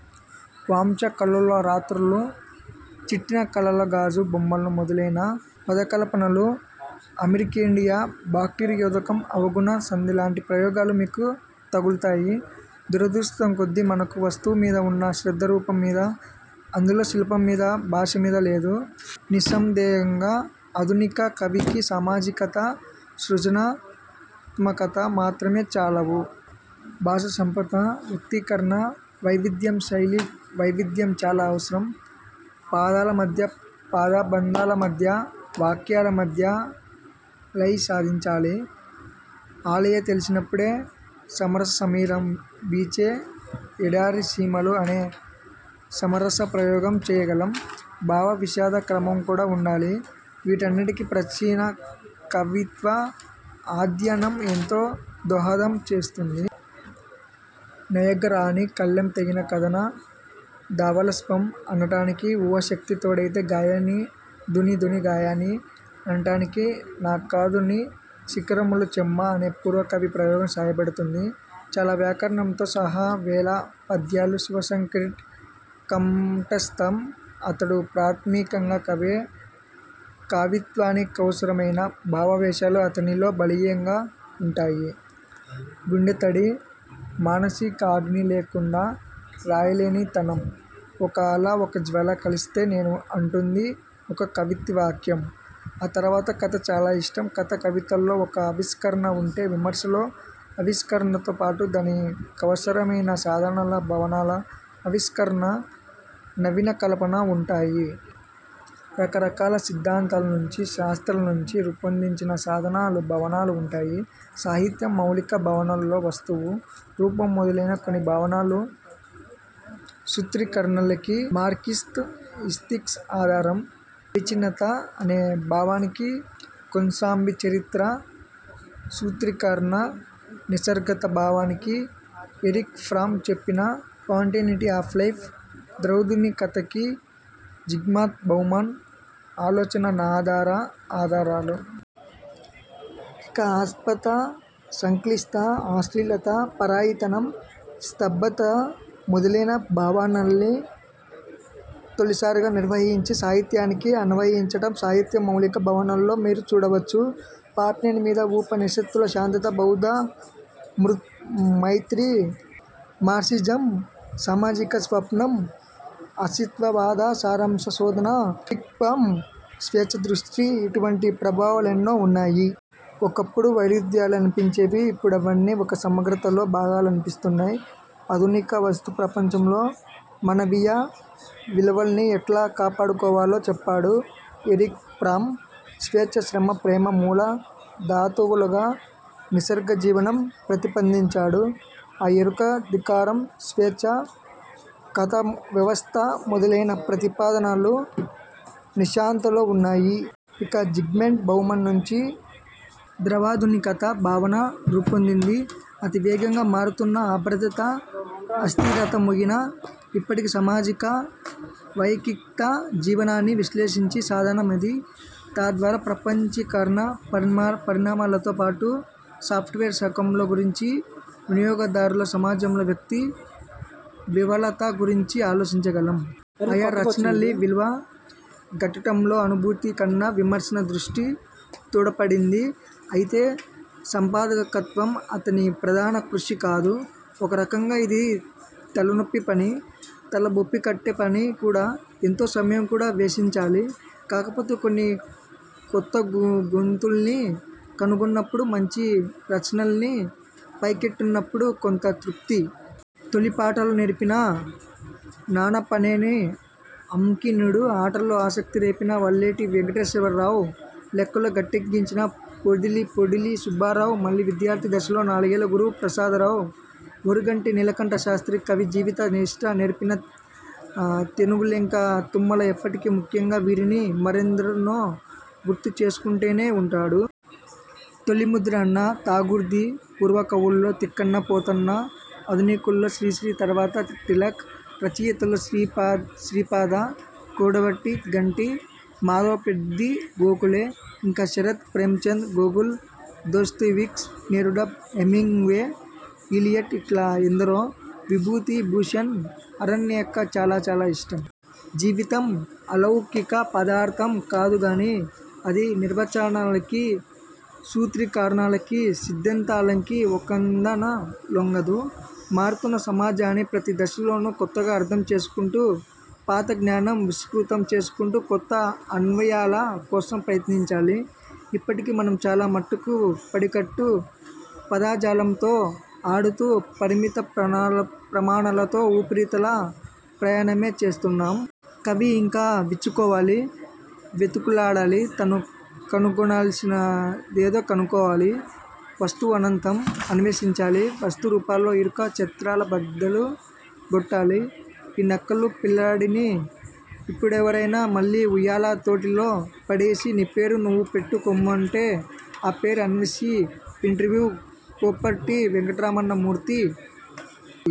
వాంఛా కల్లోల రాత్రులు, చిట్లిన కలల గాజు బొమ్మలు మొదలైన పదకల్పనలు అమెరికేండియా, బాక్టీరియోదకం, అవగుణ సంధి లాంటి ప్రయోగాలు మీకు తగుల్తాయి. దురదృష్టం కొద్దీ మనకు వస్తువు మీద ఉన్న శ్రద్ధ రూపం మీద, అందులో శిల్పం మీద, భాషమీద లేదు. నిస్సందేహంగా. ఆధునిక కవికి సామాజికత, సృజనా త్మకత మాత్రమే చాలవు. భాషా సంపద, వ్యక్తీకరణ వైవిధ్యం, శైలీ వైవిధ్యం చాలా అవసరం. పదాల మధ్య, పద బంధాల మధ్య, వాక్యాల మధ్య లయ సాధించాలి. ఆ లయ తెలిసినప్పుడే 'సమరసమీరం వీచే ఎడారిసీమలు' అనే సమరస ప్రయోగం చెయ్యగలం. భావ విశద క్రమం కూడా ఉండాలి. వీటన్నిటికి ప్రాచీన కవిత్వ అధ్యయనం ఎంతో దోహదం చేస్తుంది. నయాగరాని 'కళ్లెం తెగిన కదన ధవళాశ్వం' అనటానికి ఊహాశక్తి తోడైతే 'గాయనీ ధుని, ధునీ గాయని' అనటానికి 'నాకధునీ శీకరముల చెమ్మ' అనే పూర్వకవి ప్రయోగం సాయపడుతుంది. బాల వ్యాకరణంతో సహా వేల పద్యాలు శివశంకర్కి కంఠస్థం. అతడు ప్రాథమికంగా కవే. కవిత్వానికవసరమైన భావావేశాలు అతనిలో బలీయంగా ఉంటాయి. గుండె తడి, మానసికాగ్ని లేకుండా రాయలేనితనం. 'ఒక అల, ఒక జ్వాల కలిస్తే నేను' అంటుంది ఒక కవితావాక్యం. ఆ తర్వాత కథ చాలా ఇష్టం. కథ, కవితల్లో ఒక ఆవిష్కరణ ఉంటే విమర్శలో ఆవిష్కరణతో పాటు దాని కవసరమైన సాధనాల, భావనల ఆవిష్కరణ, నవీనకల్పన ఉంటాయి. రకరకాల సిద్ధాంతాల నుంచి, శాస్త్రాల నుంచి రూపొందించిన సాధనాలు, భావనలు ఉంటాయి. 'సాహిత్యం మౌలిక భావనల్లో వస్తువు, రూపం మొదలైన కొన్ని భావనలు, సూత్రీకరణలకి మార్క్సిస్ట్ ఈస్తటిక్స్ అధారం. అవిచ్ఛిన్నత అనే భావనకి కొశాంబి చరిత్ర సూత్రీకరణ, నిసర్గతా భావనకి ఎరిక్ ఫ్రామ్ చెప్పిన స్పాంటేనిటీ ఆఫ్ లైఫ్, ద్రవాధునికతకి జిగ్మంట్ బౌమన్ ఆలోచనాధార ఆధారాలు. ఇక అస్పష్టత, సంక్లిష్టత, అశ్లీలత, పరాయితనం, స్తబ్ధత మొదలైన భావనల్ని తొలిసారిగా నిర్వచించి, సాహిత్యానికి అన్వయించటం 'సాహిత్యం మౌలిక భావనల్లో మీరు చూడవచ్చు. పాపినేని మీద ఉప నిషత్తుల శాంతత, బౌద్ధ మైత్రి, మార్క్సిజం సామాజిక స్వప్నం, అస్తిత్వవాద సారాంశ శోధన, ఎరిక్ఫ్రామ్ స్వేచ్ఛాదృష్టి ఇటువంటి ప్రభావాలెన్నో ఉన్నాయి. ఒకప్పుడు వైరుధ్యాలనిపించేవి. ఇప్పుడవన్నీ ఒక సమగ్రతలో భాగాలనిపిస్తాయి. ఆధునిక వస్తు ప్రపంచంలో మానవీయ విలువల్ని ఎట్లా కాపాడుకోవాలో, చెప్పాడు ఎరిక్ ఫ్రామ్. స్వేచ్ఛ, శ్రమ, ప్రేమ మూల ధాతువులుగా నిసర్గ జీవనం ప్రతిపాదించాడు. ఆ ఎరుక, ధిక్కారం, స్వేచ్ఛా కథావ్యవస్థ మొదలైన ప్రతిపాదనలు 'నిశాంత'లో ఉన్నాయి. ఇక జిగ్మంట్ బౌమన్ నుంచి ద్రవాధునికత భావన రూపొందింది. అతి వేగంగా మారుతున్న అభద్రత, అస్థిరత మూగిన ఇప్పటి సామాజిక వైయక్తిక జీవనాన్ని విశ్లేషించే సాధనం అది. తద్వారా ప్రపంచీ కరణ పరిణామాలతో పాటు సాఫ్ట్వేర్ శకంలో గురించి, వినియోగదారుల సమాజంలో వ్యక్తి విహ్వలత గురించి ఆలోచించగలం. ఆయా రచనల్ని విలువ గట్టటంలో అనుభూతి కన్న విమర్శనా దృష్టి తోడ్పడింది. అయితే సంపాదకత్వం అతని ప్రధాన కృషి కాదు. ఒక రకంగా అది తలనెప్పి పని. తల బొప్పికట్టే పని కూడా. ఎంతో సమయం కూడా వెచ్చించాలి. కాకపోతే కొన్ని కొత్తగొంతుల్ని కనుగొన్నప్పుడు, మంచి రచనల్ని పైకెత్తినప్పుడు కొంత తృప్తి. తొలి పాఠాలు నేర్పిన నన్నపనేని అంకినీడు, ఆటల్లో ఆసక్తి రేపిన వలేటి వెంకటేశ్వర రావు, లెక్కల్లో గట్టెక్కించిన పొదిలి సుబ్బారావు, మలి విద్యార్థి దశలో నాగళ్ల గురు ప్రసాదరావు, ఓరుగంటి నీలకంఠ శాస్త్రీ, కవి జీవిత నిష్ఠ నేర్పిన తెనుగులెంక తుమ్మల ఎప్పటికీ ముఖ్యంగా వీరిని, మరెందరినో గుర్తు చేసుకుంటూనే ఉంటాడు. తొలి ముద్ర అన్న టాగూర్ది పూర్వకవుల్లో తిక్కన, పోతన, ఆధునికుల్లో శ్రీశ్రీ తర్వాత తిలక్. రచయితల్లో శ్రీపాద, కొడవటి గంటి, మాధవ పెద్ది గోఖలే. ఇంకా Sarat, Premchand, Gogol, Dostoevsky, Neruda, Hemingway, Eliot ఇట్లా ఎందరో. విభూతి భూషణ్ 'అరణ్యక' చాలా చాలా ఇష్టం. జీవితం అలౌకిక పదార్థం కాదుగాని, అది నిర్వచనాలకి, సూత్రీకరణలకి, సిద్ధాంతాలకి ఒకందాన లొంగదు. మారుతున్న సమాజాన్ని ప్రతి దశలోను కొత్తగా అర్థం చేసుకొంటూ పాత జ్ఞానం విస్తృతం చేసుకొంటూ కొత్త అన్వయాల కోసం ప్రయత్నించాలి. ఇప్పటికీ మనం చాలమట్టుకు పడికట్టు పదజాలంతో ఆడుతూ పరిమిత ప్రమాణాలతో ఉపరితల ప్రయాణమే చేస్తున్నాం. కవి ఇంకా విచ్చుకోవాలి, వెతుకులాడాలి, తను కనుగొనాల్సిం దేదో కనుగొనాలి. వస్తువు అనంతం. అన్వేషించాలి. వస్తు రూపాల్లో ఇరుకు చట్రాలు బద్దలు గొట్టాలి. ఈ నెక్కల్లు పిల్లాడిని ఇప్పుడెవరైనా మళ్లీ ఉయ్యాల తొట్టిలో పడేసి, నీ పేరు నువ్వు పెట్టు కొమ్మంటే ఆ పేరు 'అన్వేషి'. ఇంటర్వ్యూ కొప్పర్తి వెంకటరమణ మూర్తి